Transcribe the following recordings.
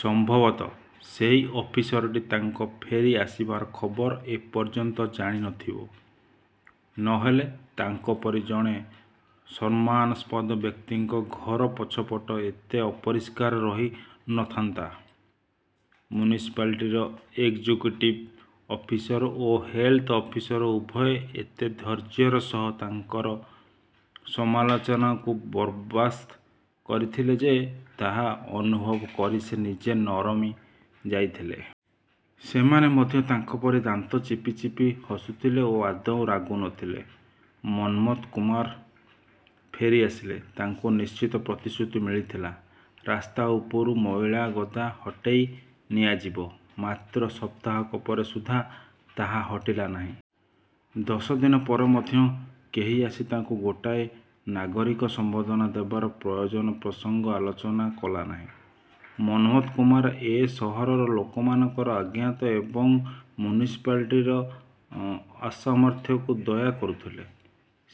ସମ୍ଭବତଃ ସେଇ ଅଫିସରଟି ତାଙ୍କ ଫେରି ଆସିବାର ଖବର ଏ ପର୍ଯ୍ୟନ୍ତ ଜାଣି ନଥିବ। ନହେଲେ ତାଙ୍କ ପରି ଜଣେ ସମ୍ମାନାସ୍ପଦ ବ୍ୟକ୍ତିଙ୍କ ଘର ପଛପଟ ଏତେ ଅପରିଷ୍କାର ରହି ନଥାନ୍ତା! ମ୍ୟୁନିସିପାଲିଟିର ଏକ୍‌ଜିକ୍ୟୁଟିଭ ଅଫିସର ଓ ହେଲ୍‌ଥ ଅଫିସର ଉଭୟେ ଏତେ ଧୈର୍ଯ୍ୟର ସହ ତାଙ୍କର ସମାଲୋଚନାକୁ ବରଦାସ୍ତ କରିଥିଲେ ଯେ ତାହା ଅନୁଭବ କରି ସେ ନିଜେ ନରମି ଯାଇଥିଲେ। ସେମାନେ ମଧ୍ୟ ତାଙ୍କ ପରି ଦାନ୍ତ ଚିପି ଚିପି ହସୁଥିଲେ ଓ ଆଦୌ ରାଗୁ ନଥିଲେ। ମନ୍ମଥ କୁମାର ଫେରି ଆସିଲେ। ତାଙ୍କୁ ନିଶ୍ଚିତ ପ୍ରତିଶ୍ରୁତି ମିଳିଥିଲା, ରାସ୍ତା ଉପରୁ ମଇଳା ଗଦା ହଟେଇ ନିଆଯିବ। ମାତ୍ର ସପ୍ତାହକ ପରେ ସୁଦ୍ଧା ତାହା ହଟିଲା ନାହିଁ। ଦଶ ଦିନ ପରେ ମଧ୍ୟ କେହି ଆସି ତାଙ୍କୁ ଗୋଟାଏ ନାଗରିକ ସମ୍ବର୍ଦ୍ଧନା ଦେବାର ପ୍ରୟୋଜନ ପ୍ରସଙ୍ଗ ଆଲୋଚନା କଲା ନାହିଁ। ମନ୍ମଥ କୁମାର ଏ ସହରର ଲୋକମାନଙ୍କର ଅଜ୍ଞତା ଏବଂ ମ୍ୟୁନିସିପାଲିଟିର ଅସାମର୍ଥ୍ୟକୁ ଦୟା କରୁଥିଲେ।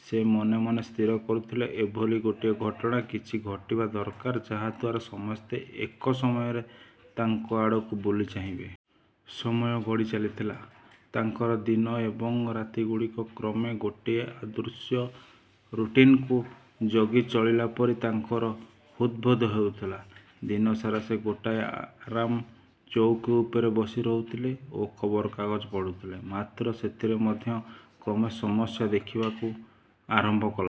ସେ ମନେ ମନେ ସ୍ଥିର କରୁଥିଲେ, ଏଭଳି ଗୋଟିଏ ଘଟଣା କିଛି ଘଟିବା ଦରକାର, ଯାହାଦ୍ୱାରା ସମସ୍ତେ ଏକ ସମୟରେ ତାଙ୍କ ଆଡ଼କୁ ବୁଲି ଚାହିଁବେ। ସମୟ ଗଡ଼ି ଚାଲିଥିଲା। ତାଙ୍କର ଦିନ ଏବଂ ରାତିଗୁଡ଼ିକ କ୍ରମେ ଗୋଟାଏ ଅଦୃଶ୍ୟ ରୁଟିନ୍‌କୁ ଜଗି ଚଳିଲା ପରି ତାଙ୍କର ହୃଦବୋଧ ହେଉଥିଲା। ଦିନସାରା ସେ ଗୋଟାଏ ଆରାମ ଚଉକୀ ଉପରେ ବସି ରହୁଥିଲେ ଓ ଖବରକାଗଜ ପଢ଼ୁଥିଲେ। ମାତ୍ର ସେଥିରେ ମଧ୍ୟ କ୍ରମେ ସମସ୍ୟା ଦେଖିବାକୁ ଆରମ୍ଭ କଲା।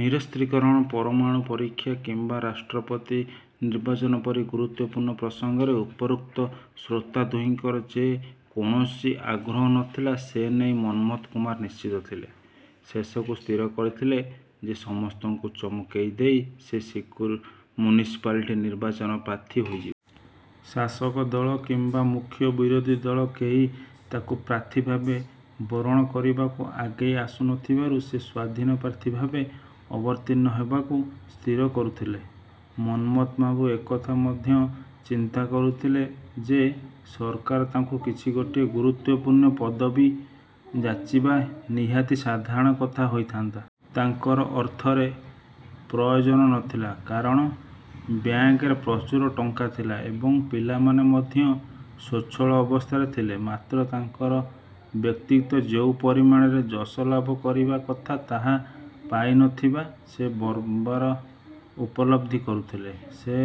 ନିରସ୍ତ୍ରୀକରଣ, ପରମାଣୁ ପରୀକ୍ଷା କିମ୍ବା ରାଷ୍ଟ୍ରପତି ନିର୍ବାଚନ ପରି ଗୁରୁତ୍ୱପୂର୍ଣ୍ଣ ପ୍ରସଙ୍ଗରେ ଉପରୋକ୍ତ ଶ୍ରୋତା ଦୁହିଁଙ୍କର ଯେ କୌଣସି ଆଗ୍ରହ ନଥିଲା ସେ ନେଇ ମନ୍ମଥ କୁମାର ନିଶ୍ଚିତ ଥିଲେ। ଶେଷକୁ ସ୍ଥିର କରିନେଲେ ଯେ ସମସ୍ତଙ୍କୁ ଚମକେଇ ଦେଇ ସେ ମ୍ୟୁନିସିପାଲିଟି ନିର୍ବାଚନରେ ପ୍ରାର୍ଥୀ ହୋଇ। ଶାସକ ଦଳ କିମ୍ବା ମୁଖ୍ୟ ବିରୋଧୀ ଦଳ କେହି ତାଙ୍କୁ ପ୍ରାର୍ଥୀ ଭାବେ ବରଣ କରିବାକୁ ଆଗେଇ ଆସୁ ନଥିବାରୁ ସେ ସ୍ୱାଧୀନ ପ୍ରାର୍ଥୀ ଭାବେ ଅବତୀର୍ଣ୍ଣ ହେବାକୁ ସ୍ଥିର କରୁଥିଲେ। ମନ୍ମଥ ବାବୁ ଏକଥା ମଧ୍ୟ ଚିନ୍ତା କରୁଥିଲେ ଯେ, ସରକାର ତାଙ୍କୁ କିଛି ଗୋଟାଏ ଗୁରୁତ୍ୱପୂର୍ଣ୍ଣ ପଦପଦବି ଯାଚିବା ନିହାତି ସାଧାରଣ କଥା ହୋଇଥାନ୍ତା। ତାଙ୍କର ଅର୍ଥରେ ପ୍ରୟୋଜନ ନଥିଲା, କାରଣ ବ୍ୟାଙ୍କରେ ପ୍ରଚୁର ଟଙ୍କା ଥିଲା ଏବଂ ପିଲାମାନେ ମଧ୍ୟ ସ୍ୱଚ୍ଛଳ ଅବସ୍ଥାରେ ଥିଲେ। ମାତ୍ର, ତାଙ୍କର ବ୍ୟକ୍ତିତ୍ୱ ଯୋଉ ପରିମାଣରେ ଯଶ ଲାଭ କରିବା କଥା ତାହା ପାଇନଥିବା ସେ ବରାବର ଉପଲବ୍ଧି କରୁଥିଲେ। ସେ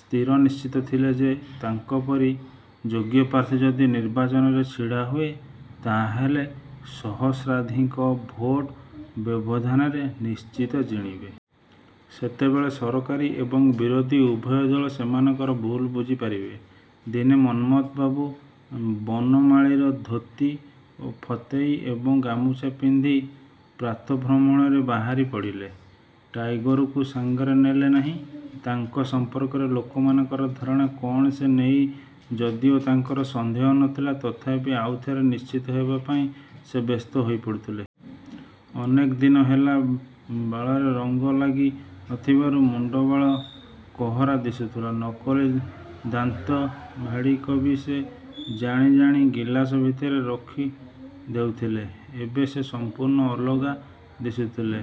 ସ୍ଥିରନିଶ୍ଚିତ ଥିଲେ ଯେ ତାଙ୍କ ପରି ଯୋଗ୍ୟ ପ୍ରାର୍ଥୀ ଯଦି ନିର୍ବାଚନରେ ଛିଡ଼ା ହୁଏ, ତାହାହେଲେ ସହସ୍ରାଧିକ ଭୋଟ ବ୍ୟବଧାନରେ ନିଶ୍ଚିତ ଜିଣିବେ। ସେତେବେଳେ ସରକାରୀ ଏବଂ ବିରୋଧୀ ଉଭୟ ଦଳ ସେମାନଙ୍କର ଭୁଲ ବୁଝି ପାରିବେ। ଦିନେ ମନ୍ମଥବାବୁ ବନମାଳୀର ଧୋତି, ଫତେଇ ଓ ଗାମୁଛା ପିନ୍ଧି ପ୍ରାତଃଭ୍ରମଣରେ ବାହାରିପଡ଼ିଲେ। ଟାଇଗରକୁ ସାଙ୍ଗରେ ନେଲେ ନାହିଁ। ତାଙ୍କ ସଂପର୍କରେ ଲୋକମାନଙ୍କ ଧାରଣା କଣ ସେ ନେଇ ଯଦିଓ ତାଙ୍କର ସନ୍ଦେହ ନ ଥିଲା ତଥାପି ଆଉଥରେ ନିଶ୍ଚିତ ହେବା ପାଇଁ ସେ ବ୍ୟସ୍ତ ହୋଇପଡ଼ୁଥିଲେ। ଅନେକ ଦିନ ହେଲା ବାଳରେ ରଙ୍ଗ ଲାଗି ନଥିବାରୁ ମୁଣ୍ଡବାଳ କହରା ଦିଶୁଥିଲା। ନକଲି ଦାନ୍ତ ଭାଡ଼ିକ ବି ସେ ଜାଣି ଜାଣି ଗିଲାସ ଭିତରେ ରଖି ଦେଇଥିଲେ। ଏବେ ସେ ସଂପୂର୍ଣ୍ଣ ଅଲଗା ଦିଶୁଥିଲେ।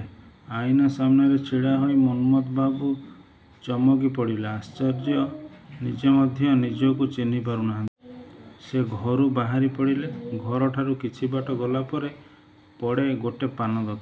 ଆଇନା ସାମ୍ନାରେ ଛିଡ଼ାହୋଇ ମନ୍ମଥବାବୁ ଚମକିପଡ଼ିଲେ। ଆଶ୍ଚର୍ଯ୍ୟ, ନିଜେ ମଧ୍ୟ ନିଜକୁ ଚିହ୍ନି ପାରୁନାହାନ୍ତି! ସେ ଘରୁ ବାହାରି ପଡ଼ିଲେ। ଘରଠାରୁ କିଛିବାଟ ଗଲା ପରେ ପଡ଼େ ଗୋଟେ ପାନ ଦୋକାନ।